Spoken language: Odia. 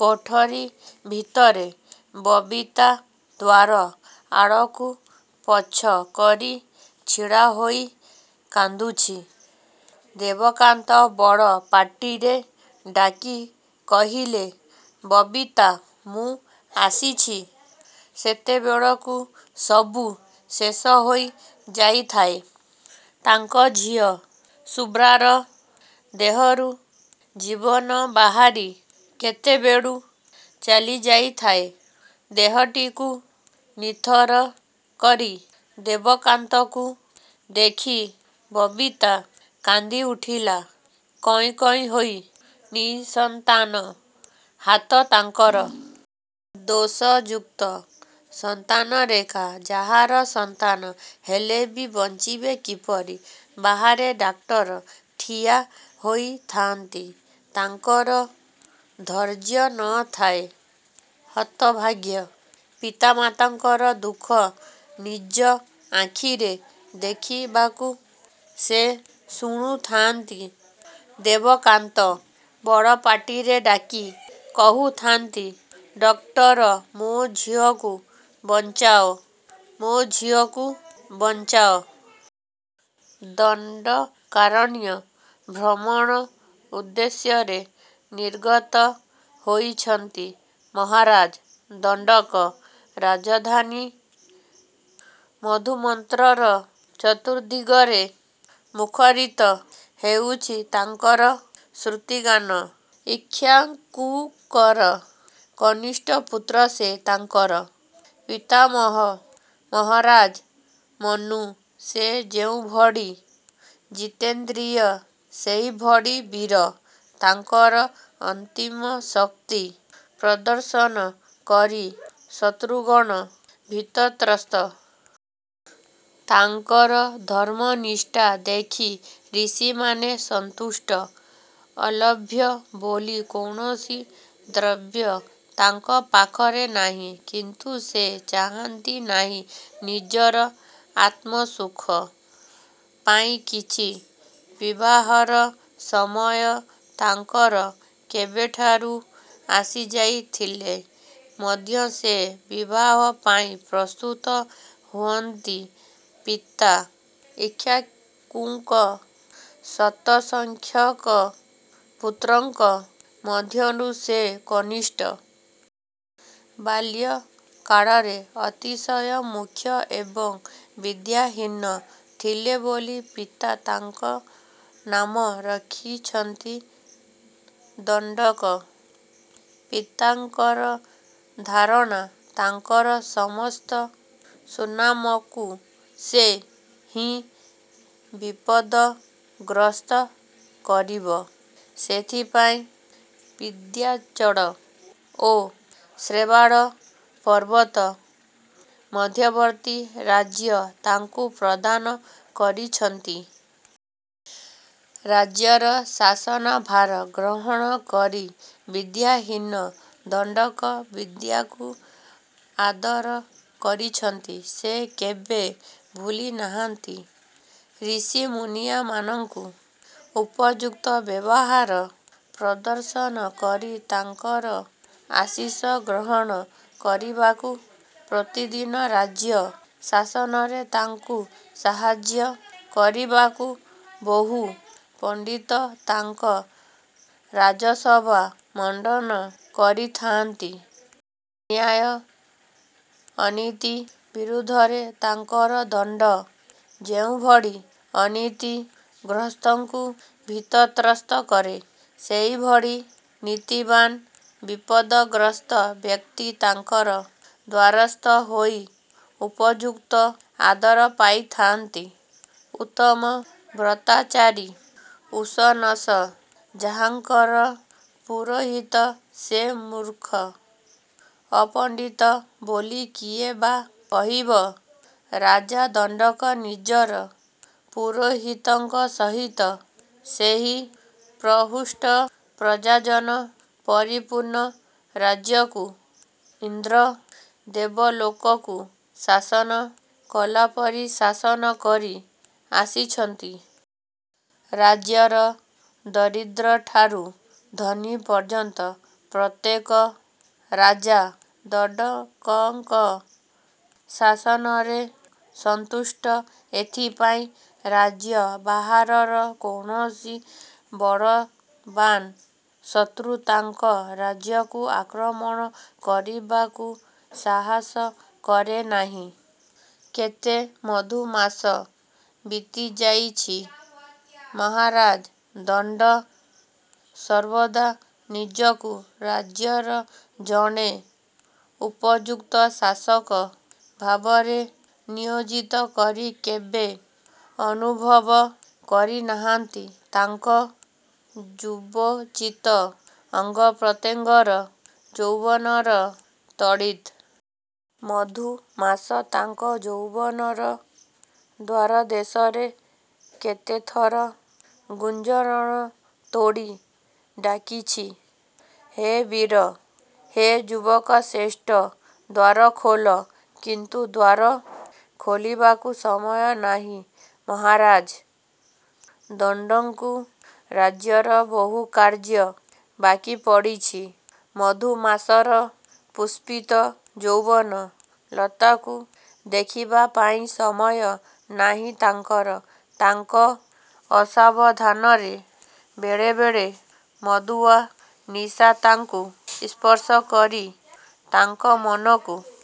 କୋଠରୀ ଭିତରେ ବବିତା ଦ୍ୱାର ଆଡ଼କୁ ପଛ କରି ଛିଡ଼ାହୋଇ କାନ୍ଦୁଛି। ଦେବକାନ୍ତ ବଡ଼ ପାଟିରେ ଡାକି କହିଲେ ବବିତା ମୁଁ ଆସିଛି-। ସେତେବେଳକୁ ସବୁ ଶେଷହୋଇ ଯାଇଥାଏ। ତାଙ୍କ ଝିଅ ଶୁଭ୍ରାର ଦେହରୁ ଜୀବନ ବାହାରି କେତେବେଳୁ ଚାଲିଯାଇଥାଏ ଦେହଟିକୁ ନିଥର କରି। ଦେବକାନ୍ତକୁ ଦେଖି ବବିତା କାନ୍ଦିଉଠିଲା କଇଁ କଇଁ ହୋଇ ନିଃସନ୍ତାନ ହାତ ତାଙ୍କର। ଦୋଷଯୁକ୍ତ ସନ୍ତାନରେଖା ଯାହାର ସନ୍ତାନ ହେଲେବି ବଞ୍ଚିବେ କିପରି? ବାହାରେ ଡାକ୍ତର ଠିଆ ହୋଇଥାନ୍ତି। ତାଙ୍କର ଧୈର୍ଯ୍ୟ ନ ଥାଏ। ହତଭାଗ୍ୟ ପିତାମାନଙ୍କର ଦୁଃଖ ନିଜ ଆଖିରେ ଦେଖିବାକୁ। ସେ ଶୁଣୁଥାନ୍ତି ଦେବକାନ୍ତ ବଡ଼ ପାଟିରେ ଡାକି କହୁଥାନ୍ତି ଡକ୍ଟର ମୋ ଝିଅକୁ ବଞ୍ଚାଅ, ମୋ ଝିଅକୁ ବଞ୍ଚାଅ। ଦଣ୍ଡକାରଣ୍ୟ ଭ୍ରମଣ ଉଦ୍ଦେଶ୍ୟରେ ନିର୍ଗତ ହୋଇଛନ୍ତି ମହାରାଜ ଦଣ୍ଡକ। ରାଜଧାନୀ ମଧୁମନ୍ତ୍ରର ଚତୁର୍ଦ୍ଦିଗରେ ମୁଖରିତ ହେଉଛି ତାଙ୍କର ସ୍ତୁତିଗାନ, ଇକ୍ଷ୍ୱାକୁଙ୍କର କନିଷ୍ଠ ପୁତ୍ର ସେ। ତାଙ୍କର ପିତାମହ ମହାରାଜ ମନୁ। ସେ ଯେଉଁଭଳି ଜିତେନ୍ଦ୍ରିୟ ସେହିଭଳି ବୀର। ତାଙ୍କର ଅମିତ ଶକ୍ତି ପ୍ରଦର୍ଶନ କରି ଶତୃଗଣ ଭୀତତ୍ରସ୍ତ। ତାଙ୍କର ଧର୍ମନିଷ୍ଠା ଦେଖି ଋଷିମାନେ ସନ୍ତୁଷ୍ଟ। ଅଲଭ୍ୟ ବୋଲି କୌଣସି ଦ୍ରବ୍ୟ ତାଙ୍କ ପାଖରେ ନାହିଁ। କିନ୍ତୁ ସେ ଚାହାନ୍ତି ନାହିଁ ନିଜର ଆତ୍ମସୁଖ ପାଇଁ କିଛି। ବିବାହର ସମୟ ତାଙ୍କର କେବେଠାରୁ ଆସିଯାଇଥିଲେ ମଧ୍ୟ ସେ ବିବାହ ପାଇଁ ପ୍ରସ୍ତୁତ ନୁହନ୍ତି। ପିତା ଇକ୍ଷ୍ୱାକୁଙ୍କ ଶତସଂଖ୍ୟକ ପୁତ୍ରଙ୍କ ମଧ୍ୟରୁ ସେ କନିଷ୍ଠ। ବାଲ୍ୟ କାଳରେ ଅତିଶୟ ମୂର୍ଖ ଏବଂ ବିଦ୍ୟାହୀନ ଥିଲେ ବୋଲି ପିତା ତାଙ୍କ ନାମ ରଖିଛନ୍ତି ଦଣ୍ଡକ। ପିତାଙ୍କର ଧାରଣା ତାଙ୍କର ସମସ୍ତ ସୁନାମକୁ ସେ ହିଁ ବିପଦ ଗ୍ରସ୍ତ କରିବ। ସେଥିପାଇଁ ବିନ୍ଧ୍ୟାଚଳ ଓ ଶୈବାଳ ପର୍ବତ ମଧ୍ୟବର୍ତ୍ତୀ ରାଜ୍ୟ ତାଙ୍କୁ ପ୍ରଦାନ କରିଛନ୍ତି। ରାଜ୍ୟର ଶାସନଭାର ଗ୍ରହଣ କରି ବିଦ୍ୟାହୀନ ଦଣ୍ଡକ ବିଦ୍ୟାକୁ ଆଦର କରିଛନ୍ତି। ସେ କେବେ ଭୁଲିନାହାନ୍ତି ଋଷିମୁନିମାନଙ୍କୁ ଉପଯୁକ୍ତ ବ୍ୟବହାର ପ୍ରଦର୍ଶନ କରି ତାଙ୍କର ଆଶିଷ ଗ୍ରହଣ। କରିବାକୁ। ପ୍ରତିଦିନ ରାଜ୍ୟ ଶାସନରେ ତାଙ୍କୁ ସାହାଯ୍ୟ କରିବାକୁ ବହୁ ପଣ୍ଡିତ ତାଙ୍କ ରାଜସଭା ମଣ୍ଡନ କରିଥାଆନ୍ତି। ଅନ୍ୟାୟ ଅନୀତି ବିରୁଦ୍ଧରେ ତାଙ୍କର ଦଣ୍ଡ ଯେଉଁଭଳି ଅନୀତି ଗ୍ରସ୍ଥଙ୍କୁ ଭୀତତ୍ରସ୍ତ କରେ ସେହିଭଳି ନୀତିବାନ୍ ବିପଦଗ୍ରସ୍ଥ ବ୍ୟକ୍ତି ତାଙ୍କର ଦ୍ୱାରସ୍ଥ ହୋଇ ଉପଯୁକ୍ତ ଆଦର ପାଇଥାନ୍ତି। ଉତ୍ତମ ବ୍ରତାଚାରୀ 'ଉଶନସ' ଯାହାଙ୍କର ପୁରୋହିତ ସେ ମୂର୍ଖ ଅପଣ୍ଡିତ ବୋଲି କିଏ ବା କହିବ। ରାଜା ଦଣ୍ଡକ ନିଜର ପୁରୋହିତଙ୍କ ସହିତ ସେହି ପ୍ରହୃଷ୍ଟ ପ୍ରଜାଜନ ପରିପୂର୍ଣ୍ଣ ରାଜ୍ୟକୁ, ଇନ୍ଦ୍ର ଦେବଲୋକକୁ ଶାସନ କଲାପରି ଶାସନ କରି ଆସିଛନ୍ତି। ରାଜ୍ୟର ଦରିଦ୍ରଠାରୁ ଧନୀ ପର୍ଯ୍ୟନ୍ତ ପ୍ରତ୍ୟେକ ରାଜା ଦଣ୍ଡକଙ୍କ ଶାସନରେ ସନ୍ତୁଷ୍ଟ। ଏଥିପାଇଁ ରାଜ୍ୟ ବାହାରର କୌଣସି ବଳବାନ ଶତ୍ରୁ ତାଙ୍କ ରାଜ୍ୟକୁ ଆକ୍ରମଣ କରିବାକୁ ସାହସ କରେ ନାହିଁ। କେତେ ମଧୁମାସ ବିତିଯାଇଛି। ମହାରାଜ ଦଣ୍ଡ ସର୍ବଦା ନିଜକୁ ରାଜ୍ୟର ଜଣେ ଉପଯୁକ୍ତ ଶାସକ ଭାବରେ ନିୟୋଜିତ କରି କେବେ ଅନୁଭବ କରିନାହାନ୍ତି ତାଙ୍କ ଯୁବୋଚିତ ଅଙ୍ଗପ୍ରତ୍ୟଙ୍ଗର ଯୌବନର ତଡ଼ିତ୍। ମଧୁମାସ ତାଙ୍କ ଯୌବନର ଦ୍ୱାରଦେଶରେ କେତେଥର ଗୁଞ୍ଜରଣ ତୋଳି ଡାକିଛି, ହେ ବୀର! ହେ ଯୁବକଶ୍ରେଷ୍ଠ ଦ୍ୱାର ଖୋଲ। କିନ୍ତୁ ଦ୍ୱାର ଖୋଲିବାକୁ ସମୟ ନାହିଁ ମହାରାଜ ଦଣ୍ଡଙ୍କୁ। ରାଜ୍ୟର ବହୁ କାର୍ଯ୍ୟ ବାକିପଡ଼ିଛି-ମଧୁମାସର ପୁଷ୍ପିତ ଯୌବନ ଲତାକୁ ଦେଖିବାପାଇଁ ସମୟ ନାହିଁ ତାଙ୍କର। ତାଙ୍କ ଅସାବଧାନରେ ବେଳେବେଳେ ମଦୁଆ ନିଶା ତାଙ୍କୁ ସ୍ପର୍ଶ କରି ତାଙ୍କ ମନକୁ